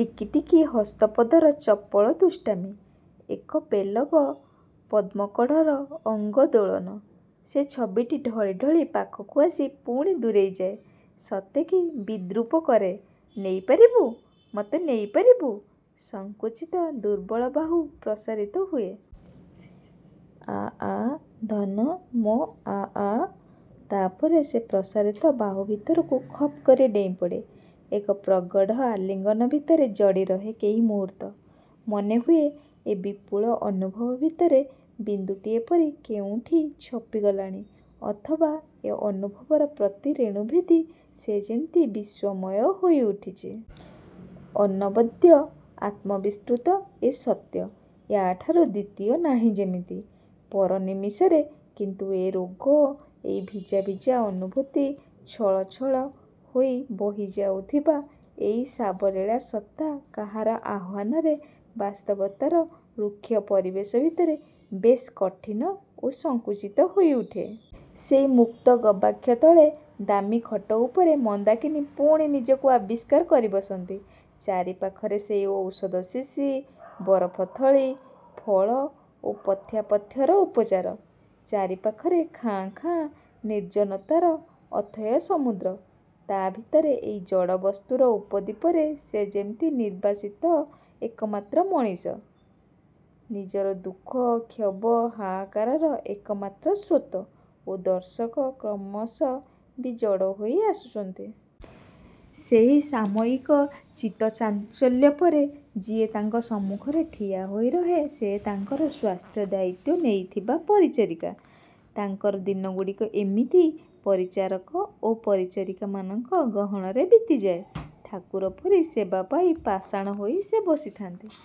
ଟିକି ଟିକି ହସ୍ତପଦର ଚପଳ ଦୁଷ୍ଟାମୀ । ଏକ ପେଲବ ପଦ୍ମ କଢ଼ର ଅଙ୍ଗ ଦୋଳନ। ସେ ଛବିଟି ଢଳି ଢଳି ପାଖକୁ ଆସି ପୁଣି ଦୂରେଇ ଯାଏ । ସତେ କି ବିଦ୍ରୁପ କରେ, ନେଇ ପାରିବୁ? ମତେ ନେଇ ପାରିବୁ? ସଂକୁଚିତ ଦୁର୍ବଳ ବାହୁ ପ୍ରସାରିତ ହୁଏ। ଆ ଆ ଧନ ମୋ ଆ ଆ । ତାପରେ ସେ ପ୍ରସାରିତ ବାହୁ ଭିତରକୁ ଖପ୍ କରି ଡେଇଁପଡ଼େ। ଏକ ପ୍ରଗଢ଼ ଆଲିଙ୍ଗନ ଭିତରେ ଜଡ଼ି ରହେ କେଇ ମୁହୂର୍ତ୍ତ। ମନେହୁଏ ଏ ବିପୁଳ ଅନୁଭବ ଭିତରେ ବିନ୍ଦୁଟିଏ ପରି କେଉଁଠି ଛପି ଗଲାଣି ଅଥବା ଏ ଅନୁଭବର ପ୍ରତି ରେଣୁ ଭେଦି ସେ ଯେମିତି ବିଶ୍ଵମୟ ହୋଇ ଉଠିଛି। ଅନବଦ୍ୟ, ଆତ୍ମବିସ୍ତୃତ ଏ ସତ୍ୟ । ୟା ଠାରୁ ଦ୍ଵିତୀୟ ନାହିଁ ଯେମିତି । ପର ନିମିଷରେ କିନ୍ତୁ ଏ ରୋଗ, ଏଇ ଭିଜା ଭିଜା ଅନୁଭୂତି। ଛଳ ଛଳ ହୋଇ ବହିଯାଉଥିବା ଏଇ ସାବଲୀଳ ସତ୍ତା କାହାର ଆହ୍ଵାନରେ ବାସ୍ତବତାର ରୁକ୍ଷ ପରିବେଶ ଭିତରେ ବେଶ୍ କଠିନ ଓ ସଙ୍କୁଚିତ ହୋଇ ଉଠେ। ସେଇ ମୁକ୍ତ ଗବାକ୍ଷ ତଳେ ଦାମି ଖଟ ଉପରେ ମନ୍ଦାକିନୀ ପୁଣି ନିଜକୁ ଆବିଷ୍କାର କରି ବସନ୍ତି। ଚାରି ପାଖରେ ସେହି ଔଷଧ ଶିଶି, ବରଫଥଳି, ଫଳ ଓ ପଥ୍ୟାପଥ୍ୟର ଉପଚାର। ଚାରି ପାଖରେ ଖାଁ ଖାଁ ନିର୍ଜନତାର ଅଥୟ ସମୁଦ୍ର। ତା ଭିତରେ ଏଇ ଜଡ଼ ବସ୍ତୁର ଉପଦ୍ୱୀପରେ ସେ ଯେମିତି ନିର୍ବାସିତ ଏକମାତ୍ର ମଣିଷ ନିଜର ଦୁଃଖ, କ୍ଷୋଭ, ହାହାକାର ର ଏକମାତ୍ର ଶ୍ରୋତ ଓ ଦର୍ଶକ କ୍ରମଶ ବି ଜଡ଼ ହୋଇ ଆସୁଚନ୍ତି । ସେହି ସାମୟିକ ଚିତ୍ତ ଚାଞ୍ଚଲ୍ୟ ପରେ ଯିଏ ତାଙ୍କ ସମ୍ମୁଖରେ ଠିଆ ହୋଇ ରହେ ସେ ତାଙ୍କର ସ୍ୱାସ୍ଥ୍ୟ ଦାୟିତ୍ଵ ନେଇଥିବା ପରିଚାରିକା । ତାଙ୍କର ଦିନଗୁଡ଼ିକ ଏମିତି ପରିଚାରକ ଓ ପାରିଚାରିକା ମାନଙ୍କ ଗହଣରେ ବିତିଯାଏ। ଠାକୁର ପରି ସେବା ପାଇ ପାଷାଣ ହୋଇ ସେ ବସିଥାନ୍ତି ।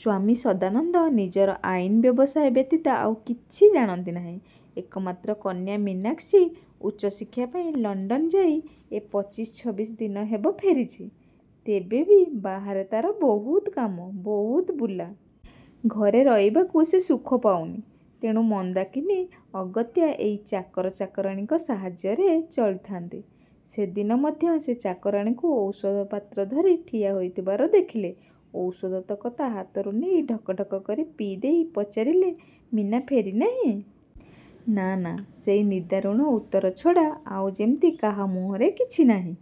ସ୍ୱାମୀ ସଦାନନ୍ଦ ନିଜର ଆଇନ ବ୍ୟବସାୟ ବ୍ୟତୀତ ଆଉ କିଛି ଜାଣନ୍ତି ନାହିଁ। ଏକମାତ୍ର କନ୍ୟା ମୀନାକ୍ସି ଉଚ୍ଚ ଶିକ୍ଷାପାଇଁ ଲଣ୍ଡନ ଯାଇ ଏ ପିଚିଶ ଛବିଶ ଦିନ ହେବ ଫେରିଚି । ତେବେ ବି ବାହାରେ ତାର ବହୁତ କାମ, ବହୁତ ବୁଲା । ଘରେ ରହିବାକୁ ସେ ସୁଖ ପାଉନି, ତେଣୁ ମନ୍ଦାକିନୀ ଅଗତ୍ୟା ଏଇ ଚାକର, ଚାକରାଣୀଙ୍କ ସାହାଯ୍ୟରେ ଚଳିଥାନ୍ତି। ସେ ଦିନ ମଧ୍ୟ ସେ ଚାକରାଣୀକୁ ଔଷଧ ପାତ୍ର ଧରି ଠିଆ ହୋଇଥିବାର ଦେଖିଲେ। ଔଷଧତକ ତା ହାତରୁ ନେଇ ଢକଢ଼କ କରି ପିଇ ଦେଇ ପଚାରିଲେ, ମୀନା ଫେରି ନାହିଁ? ନାଁ ନାଁ ସେଇ ନିଦାରୁଣ ଉତ୍ତର ଛଡ଼ା ଆଉ ଯେମିତି କାହା ମୁହଁରେ କିଛି ନାହିଁ।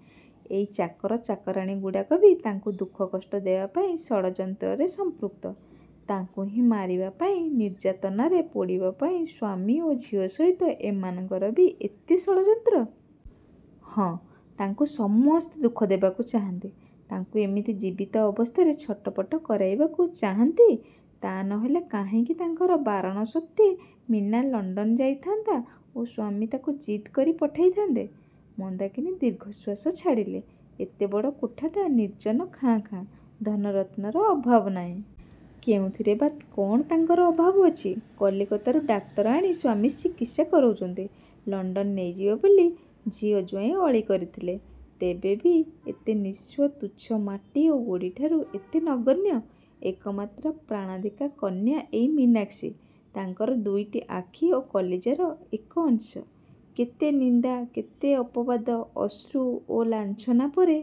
ଏଇ ଚାକର, ଚାକରାଣୀଗୁଡ଼ାକ ବି ତାଙ୍କୁ ଦୁଃଖ, କଷ୍ଟ ଦେବାପାଇଁ ଷଡ଼ଯନ୍ତ୍ର ରେ ସଂପୃକ୍ତ। ତାଙ୍କୁ ହିଁ ମାରିବାପାଇଁ, ନିର୍ଜତନା ରେ ପୋଡ଼ିବାପାଇଁ ସ୍ୱାମୀ ଓ ଝିଅ ସହିତ ଏମାନଙ୍କର ବି ଏତେ ଷଡ଼ଯନ୍ତ୍ର । ହଁ ତାଙ୍କୁ ସମସ୍ତେ ଦୁଃଖ ଦେବାକୁ ଚାହାନ୍ତି, ତାଙ୍କୁ ଏମିତି ଜୀବିତ ଅବସ୍ଥାରେ ଛଟପଟ କରାଇବାକୁ ଚାହାନ୍ତି ତା ନହେଲେ କାହିଁକି ତାଙ୍କର ବାରଣସତ୍ତ୍ୱେ ମୀନା ଲଣ୍ଡନ ଯାଇଥାନ୍ତା ଓ ସ୍ୱାମୀ ତାକୁ ଜିଦ୍ କରି ପଠାଇଥାନ୍ତେ? ମନ୍ଦାକିନୀ ଦୀର୍ଘଶ୍ଵାସ ଛାଡ଼ିଲେ । ଏତେ ବଡ଼ କୋଠାଟା ନିର୍ଜନ ଖାଁ ଖାଁ, ଧନରତ୍ନର ଅଭାବ ନାହିଁ। କେଉଁଥିରେ ବା କଣ ତାଙ୍କର ଅଭାବ ଅଛି । କଲିକତାରୁ ଡାକ୍ତର ଆଣି ସ୍ୱାମୀ ଚିକିତ୍ସା କରଉଛନ୍ତି। ଲଣ୍ଡନ ନେଇଯିବେ ବୋଲି ଝିଅ, ଜ୍ଵାଇଁ ଅଳି କରିଥିଲେ। ତେବେ ବି ଏତେ ନିଃସ୍ୱ, ତୁଚ୍ଛ ମାଟି ଓ ଗୋଡ଼ିଠାରୁ ଏତେ ନଗଣ୍ୟ । ଏକମାତ୍ର ପ୍ରାଣାଧିକା କନ୍ୟା ଏଇ ମୀନାକ୍ସି, ତାଙ୍କର ଦୁଇଟି ଆଖି ଓ କଲିଜାର ଏକ ଅଂଶ। କେତେ ନିନ୍ଦା କେତେ ଅପବାଦ, ଅଶ୍ରୁ ଓ ଲାଞ୍ଛନା ପରେ